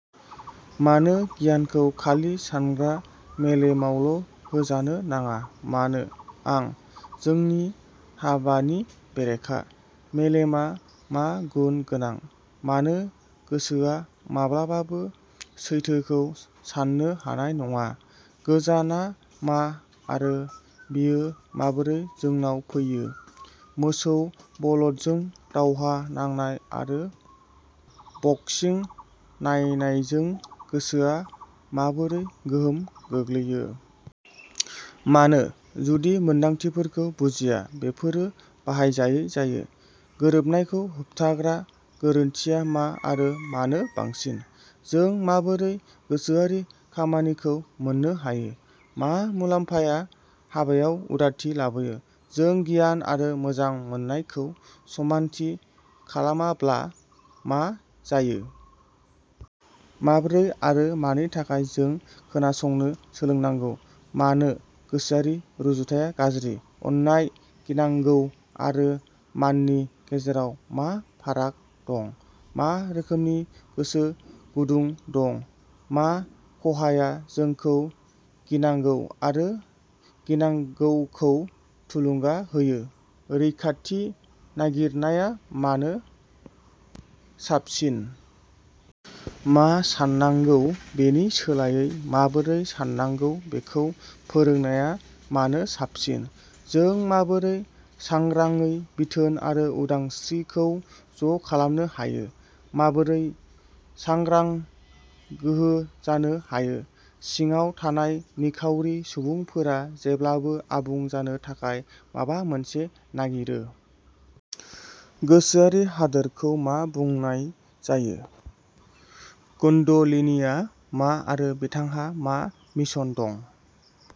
मानो गियानखौ खालि सानग्रा मेलेमावल'होजानो नाङा? मानो? आं? जोंनि हाबानि बेरेखा? मेलेमआ मा गुन गोनां? मानो गोसोआ माब्लाबाबो सैथोखौ साननो हानाय नङा? गोजोनआ मा आरो बेयो माबोरै जोंनाव फैयो? मोसौ बलदजों दावहा नांनाय आरो बक्सिं नायनायजों गोसोआ माबोरै गोहोम गोग्लैयो? मानो, जुदि मोन्दांथिफोरखौ बुजिया, बेफोरो बाहायजायै जायो? गोरोबनायखौ होबथाग्रा गोरोन्थिआ मा आरो मानो बांसिन? जों माबोरै गोसोआरि खामानिखौ मोन्नो हायो? मा मुलाम्फाया हाबायाव उदारथि लाबोयो? जों गियान आरो मोजां मोननायखौ समानथि खालामाब्ला मा जायो? माबोरै आरो मानि थाखाय जों खोनासंनो सोलोंनांगौ? मानो गोसोआरि रुजुथाया गाज्रि? अननाय, गिनांगौ आरो माननि गेजेराव मा फाराग दं? मा रोखोमनि गोसो गुदुं दं? मा खहाआ जोंखौ गिनांगौ आरो गिनांगौखौ थुलुंगा होयो? रैखाथि नागिरनाया मानो साबसिन? मा साननांगौ बेनि सोलायै माबोरै साननांगौ बेखौ फोरोंनाया मानो साबसिन? जों माबोरै सांग्रांयै बिथोन आरो उदांस्रिखौ ज'खालामनो हायो? माबोरै सांग्रां गोहो जानो हायो? सिङाव थानाय निखावरि सुबुंफोरा जेब्लाबो आबुं जानो थाखाय माबा मोनसे नागिरो। गोसोआरि हादोरखौ मा बुंनाय जायो? कुण्डलिनीआ मा आरो बिथांहा मा मिशन दं?